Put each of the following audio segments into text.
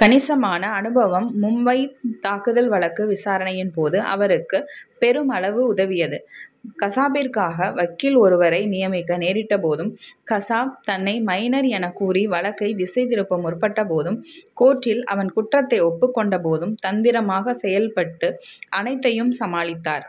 கணிசமான அனுபவம் மும்பைத் தாக்குதல் வழக்கு விசாரணையின் போது அவருக்கு பெருமளவு உதவியது. கசாப்பிற்காக வக்கீல் ஒருவரை நியமிக்க நேரிட்ட போதும் கசாப் தன்னை மைனர் எனக்கூறி வழக்கை திசை திருப்ப முற்பட்ட போதும் கோர்ட்டில் அவன் குற்றத்தை ஒப்புக் கொண்ட போதும் தந்திரமாக செயல்பட்டு அனைத்தையும் சமாளித்தார்.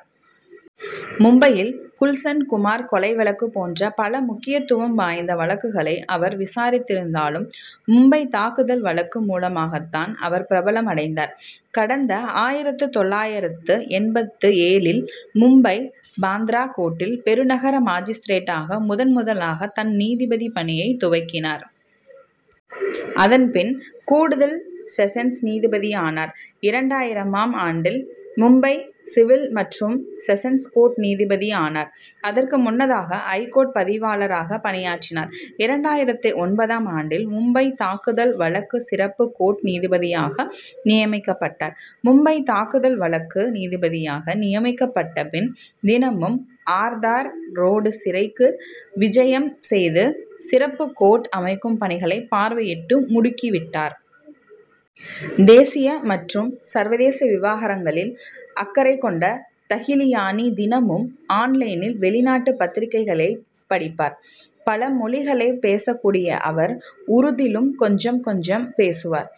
மும்பையில் குல்சன் குமார் கொலை வழக்கு போன்ற பல முக்கியத்துவம் வாய்ந்த வழக்குகளை அவர் விசாரித்திருந்தாலும் மும்பைத் தாக்குதல் வழக்கு மூலமாகதான் அவர் பிரபலம் அடைந்தார். கடந்த ஆயிரத்து தொள்ளாயிரத்து எண்பத்து ஏழில் மும்பை பாந்த்ரா கோர்ட்டில் பெருநகர மாஜிஸ்திரேட்டாக முதன் முதலாக தன் நீதிபதி பணியைத் துவக்கினார். அதன்பின் கூடுதல் செஷன்ஸ் நீதிபதியானார். இரண்டாயிரமாம் ஆண்டில் மும்பை சிவில் மற்றும் செஷன்ஸ் கோர்ட் நீதிபதியானார். அதற்கு முன்னதாக ஐகோர்ட் பதிவாளராக பணியாற்றினார். இரண்டாயிரத்து ஒன்பதாம் ஆண்டில் மும்பைத் தாக்குதல் வழக்கு சிறப்பு கோர்ட் நீதிபதியாக நியமிக்கப்பட்டார். மும்பைத் தாக்குதல் வழக்கு நீதிபதியாக நியமிக்கப்பட்ட பின் தினமும் ஆர்தர் ரோடு சிறைக்கு விஜயம் செய்து சிறப்பு கோர்ட் அமைக்கும் பணிகளை பார்வையிட்டு முடுக்கி விட்டார். தேசிய மற்றும் சர்வதேச விவகாரங்களில் அக்கறை கொண்ட தகிலியானி தினமும் ஆன் லைனில் வெளிநாட்டு பத்திரிகைகளைப் படிப்பார். பல மொழிகளைப் பேசக்கூடிய அவர் உருதிலும் கொஞ்சம் கொஞ்சம் பேசுவார்.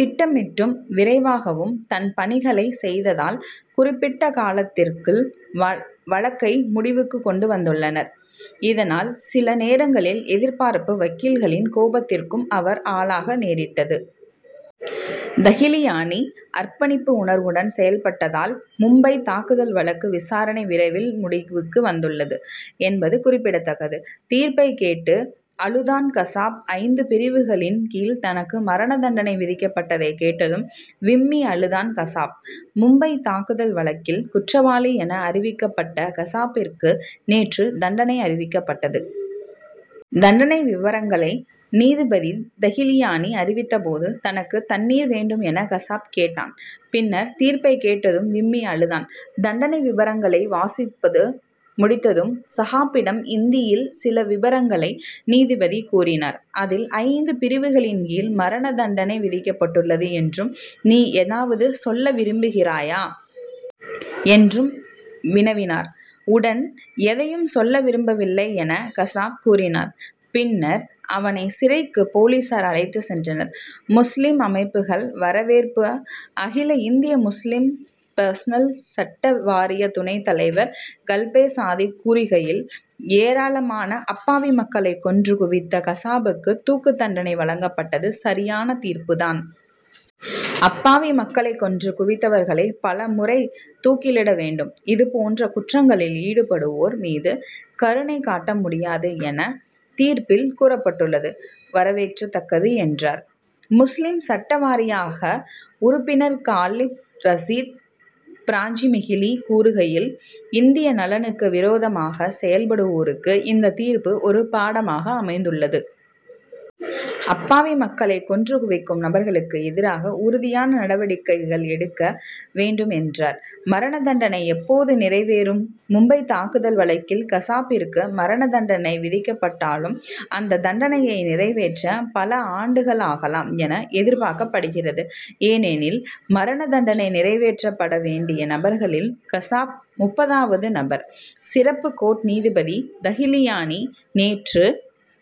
திட்டமிட்டும் விரைவாகவும் தன் பணிகளைச் செய்ததால் குறிப்பிட்ட காலத்திற்குள் வழக்கை முடிவுக்கு கொண்டு வந்துள்ளார். இதனால் சில நேரங்களில் எதிர்தரப்பு வக்கீல்களின் கோபத்திற்கும் அவர் ஆளாக நேரிட்டது. தகிலியானி அர்ப்பணிப்பு உணர்வுடன் செயல்பட்டதால் மும்பைத் தாக்குதல் வழக்கு விசாரணை விரைவில் முடிவுக்கு வந்துள்ளது என்பது குறிப்பிடத்தக்கது. தீர்ப்பை கேட்டு அழுதான் கசாப் ஐந்து பிரிவுகளின் கீழ் தனக்கு மரண தண்டனை விதிக்கப்பட்டதை கேட்டதும் விம்மி அழுதான் கசாப். மும்பை தாக்குதல் வழக்கில் குற்றவாளியென அறிவிக்கப்பட்ட கசாப்பிற்கு நேற்று தண்டனை அறிவிக்கப்பட்டது. தண்டனை விபரங்களை நீதிபதி தகிலியானி அறிவித்த போது தனக்கு தண்ணீர் வேண்டும் என கசாப் கேட்டான். பின்னர் தீர்ப்பை கேட்டதும் விம்மி அழுதான். தண்டனை விபரங்களை வாசித்து முடித்ததும் கசாப்பிடம் இந்தியில் சில விபரங்களை நீதிபதி கூறினார். அதில் ஐந்து பிரிவுகளின் கீழ் மரண தண்டனை விதிக்கப்பட்டுள்ளது என்றும் நீ ஏதாவது சொல்ல விரும்புகிறாயா? என்றும் வினவினார். உடன் எதையும் சொல்ல விரும்பவில்லை என கசாப் கூறினான். பின்னர் அவனை சிறைக்கு போலீசார் அழைத்து சென்றனர். முஸ்லிம் அமைப்புகள் வரவேற்பு அகில இந்திய முஸ்லிம் பெர்சனல் சட்ட வாரிய துணை தலைவர் கல்பே சாதிக் கூறுகையில் ஏராளமான அப்பாவி மக்களை கொன்று குவித்த கசாபுக்கு தூக்கு தண்டனை வழங்கப்பட்டது சரியான தீர்ப்பு தான். அப்பாவி மக்களை கொன்று குவித்தவர்களை பல முறை தூக்கிலிட வேண்டும். இதுபோன்ற குற்றங்களில் ஈடுபடுவோர் மீது கருணை காட்ட முடியாது என தீர்ப்பில் கூறப்பட்டுள்ளது வரவேற்கத்தக்கது என்றார். முஸ்லிம் சட்ட வாரிய உறுப்பினர் காலித் ரசீத் பிராஞ்சிமகிலி கூறுகையில் இந்திய நலனுக்கு விரோதமாக செயல்படுவோருக்கு இந்த தீர்ப்பு ஒரு பாடமாக அமைந்துள்ளது. அப்பாவி மக்களை கொன்று குவிக்கும் நபர்களுக்கு எதிராக உறுதியான நடவடிக்கைகள் எடுக்க வேண்டும் என்றார். மரண தண்டனை எப்போது நிறைவேறும் மும்பைத் தாக்குதல் வழக்கில் கசாப்பிற்கு மரண தண்டனை விதிக்கப்பட்டாலும் அந்த தண்டனையை நிறைவேற்ற பல ஆண்டுகள் ஆகலாம் என எதிர்பார்க்கப்படுகிறது. ஏனெனில் மரண தண்டனை நிறைவேற்றப்பட வேண்டிய நபர்களில் கசாப் முப்பதாவது நபர். சிறப்பு கோர்ட் நீதிபதி தகிலியானி நேற்று